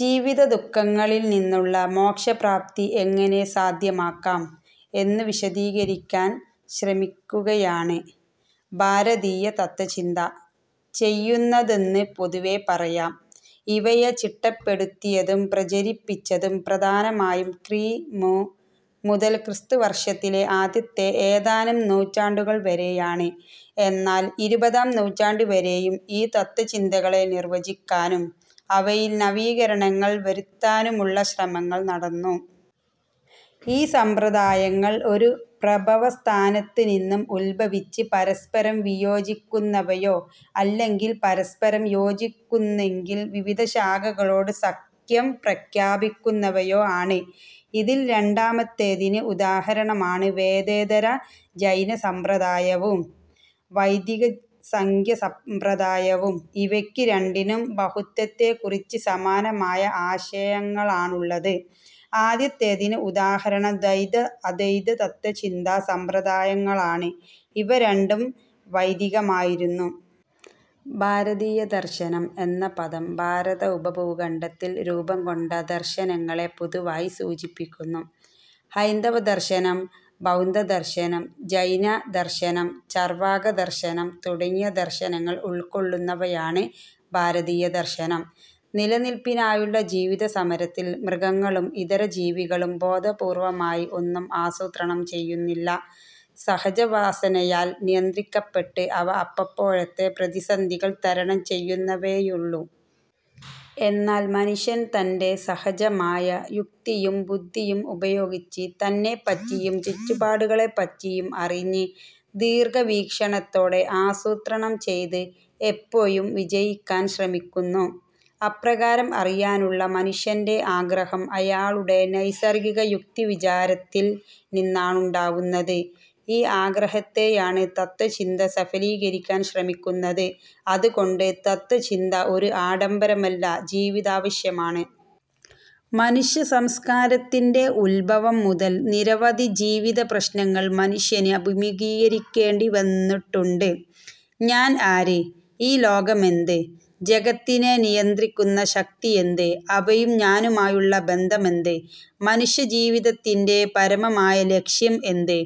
ജീവിതദു:ഖങ്ങളിൽ നിന്നുള്ള മോക്ഷപ്രാപ്തി എങ്ങനെ സാധ്യമാക്കാം എന്നു വീശദീകരിക്കാൻ ശ്രമിക്കുകയാണ് ഭാരതീയ തത്ത്വചിന്ത ചെയ്യുന്നതെന്ന് പൊതുവെ പറയാം. ഇവയെ ചിട്ടപ്പെടുത്തിയതും പ്രചരിപ്പിച്ചതും പ്രധാനമായും ക്രി. മു. മുതൽ ക്രിസ്തുവർഷത്തിലെ ആദ്യത്തെ ഏതാനും നൂറ്റാണ്ടുകൾ വരെയാണ്. എന്നാൽ ഇരുപതാം നൂറ്റാണ്ടുവരെയും ഈ തത്ത്വചിന്തകളെ നിർവചിക്കാനും അവയിൽ നവീകരണങ്ങൾ വരുത്താനുമുള്ള ശ്രമങ്ങൾ നടന്നു. ഈ സമ്പ്രദായങ്ങൾ ഒരു പ്രഭവസ്ഥാനത്തുനിന്നും ഉത്ഭവിച്ച് പരസ്പരം വിയോജിക്കുന്നവയോ, അല്ലെങ്കിൽ പരസ്പരം യോജിക്കുന്നെങ്കിലും വിവിധ ശാഖകളോട് സഖ്യം പ്രഖ്യാപിക്കുന്നവയോ ആണ്. ഇതിൽ രണ്ടാമത്തേതിന് ഉദാഹരണമാണ് വേദേതര ജൈന സമ്പ്രദായവും വൈദിക സംഖ്യ സമ്പ്രദായവും ഇവയ്ക്ക് രണ്ടിനും ബഹുത്വത്തെക്കുറിച്ച് സമാനമായ ആശയങ്ങളാണുള്ളത്. ആദ്യത്തേതിന് ഉദാഹരണം ദ്വൈത, അദ്വൈത തത്ത്വചിന്താ സമ്പ്രദായങ്ങളാണ് ഇവ രണ്ടും വൈദികമായിരുന്നു. ഭാരതീയദർശനം എന്ന പദം ഭാരതഉപഭൂഖണ്ഡത്തിൽ രൂപം കൊണ്ട ദർശനങ്ങളെ പൊതുവായി സൂചിപ്പിക്കുന്നു. ഹൈന്ദവദർശനം, ബൗദ്ധദർശനം, ജൈനദർശനം, ചർവാകദർശനം തുടങ്ങിയ ദർശനങ്ങൾ ഉൾക്കൊള്ളുന്നവയാണ് ഭാരതീയദർശനം. നിലനില്പിനായുള്ള ജീവിതസമരത്തിൽ, മൃഗങ്ങളും ഇതര ജീവികളും ബോധപൂർവമായി ഒന്നും ആസൂത്രണം ചെയ്യുന്നില്ല. സഹജവാസനയാൽ നിയന്ത്രിക്കപ്പെട്ട്, അവ, അപ്പപ്പോഴത്തെ പ്രതിസന്ധികൾ തരണം ചെയ്യുന്നുവെന്നേയുള്ളൂ. എന്നാൽ മനുഷ്യൻ, തൻറെ സഹജമായ യുക്തിയും ബുദ്ധിയും ഉപയോഗിച്ച്, തന്നെപ്പറ്റിയും ചുറ്റുപാടുകളെപ്പറ്റിയും അറിഞ്ഞ്, ദീർഘവീക്ഷണത്തോടെ ആസൂത്രണം ചെയ്ത്, എപ്പോഴും വിജയിക്കാൻ ശ്രമിക്കുന്നു. അപ്രകാരം അറിയാനുള്ള മനുഷ്യൻറെ ആഗ്രഹം അയാളുടെ നൈസർഗിക യുക്തിവിചാരത്തിൽ നിന്നാണുണ്ടാവുന്നത്. ഈ ആഗ്രഹത്തെയാണ് തത്ത്വചിന്ത സഫലീകരിക്കാൻ ശ്രമിക്കുന്നത്. അതുകൊണ്ട് തത്ത്വചിന്ത ഒരു ആഡംബരമല്ല, ജീവിതാവശ്യമാണ്. മനുഷ്യസംസ്കാരത്തിൻറെ ഉദ്ഭവം മുതൽ നിരവധി ജീവിതപ്രശ്നങ്ങൾ മനുഷ്യന് അഭിമുഖീകരിക്കേണ്ടി വന്നിട്ടുണ്ട്. ഞാൻ ആര്? ഈ ലോകമെന്ത്? ജഗത്തിനെ നിയന്ത്രിക്കുന്ന ശക്തിയെന്ത്? അവയും ഞാനുമായുള്ള ബന്ധമെന്ത്? മനുഷ്യജീവിതത്തിന്റെ പരമമായ ലക്ഷ്യം എന്ത്?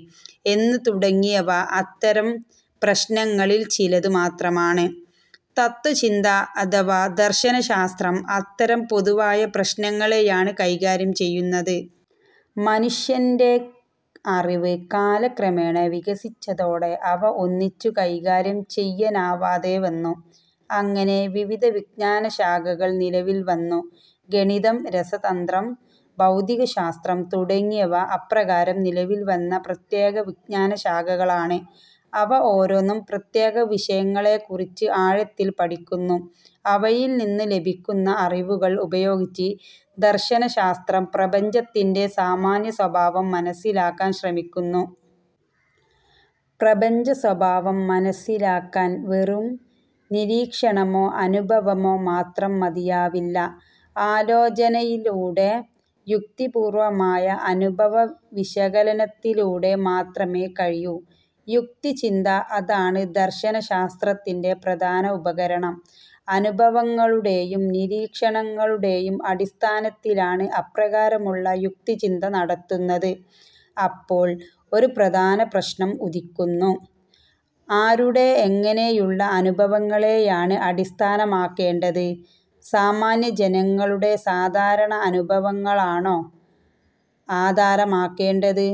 എന്നു തുടങ്ങിയവ അത്തരം പ്രശ്നങ്ങളിൽ ചിലതു മാത്രമാണ്. തത്ത്വചിന്ത അഥവാ ദർശനശാസ്ത്രം അത്തരം പൊതുവായ പ്രശ്നങ്ങളെയാണ് കൈകാര്യം ചെയ്യുന്നത്. മനുഷ്യൻറെ അറിവ് കാലക്രമേണ വികസിച്ചതോടെ അവ ഒന്നിച്ചു കൈകാര്യം ചെയ്യനാവാതെ വന്നു. അങ്ങനെ വിവിധ വിജ്ഞാനശാഖകൾ നിലവിൽ വന്നു. ഗണിതം, രസതന്ത്രം, ഭൌതികശാസ്ത്രം തുടങ്ങിയവ അപ്രകാരം നിലവിൽ വന്ന പ്രത്യേകവിജ്ഞാനശാഖകളാണ്. അവ ഓരോന്നും പ്രത്യേകവിഷയങ്ങളെക്കുറിച്ച് ആഴത്തിൽ പഠിക്കുന്നു. അവയിൽ നിന്നു ലഭിക്കുന്ന അറിവുകൾ ഉപയോഗിച്ച്, ദർശനശാസ്ത്രം പ്രപഞ്ചത്തിൻറെ സാമാന്യസ്വഭാവം മനസ്സിലാകാൻ ശ്രമിക്കുന്നു. പ്രപഞ്ചസ്വഭാവം മനസ്സിലാക്കാൻ വെറും നിരീക്ഷണമോ, അനുഭവമോ മാത്രം മതിയാവില്ല. ആലോചനയിലൂടെ, യുക്തിപൂർവമുള്ള അനുഭവവിശകലനത്തിലൂടെ, മാത്രമേ കഴിയൂ. യുക്തിചിന്ത, അതാണ് ദർശനശാസ്ത്രത്തിൻറെ പ്രധാന ഉപകരണം. അനുഭവങ്ങളുടെയും, നിരീക്ഷണങ്ങളെടെയും അടിസ്ഥാനത്തിലാണ് അപ്രകാരമുള്ള യുക്തിചിന്ത നടത്തുന്നത്. അപ്പോൾ ഒരു പ്രധാനപ്രശ്നം ഉദിക്കുന്നു. ആരുടെ, എങ്ങനെയുള്ള അനുഭവങ്ങളെയാണ് അടിസ്ഥാനമാക്കേണ്ടത്? സാമാന്യജനങ്ങളുടെ സാധാരണ അനുഭവങ്ങളാണോ ആധാരമാക്കേണ്ടത്?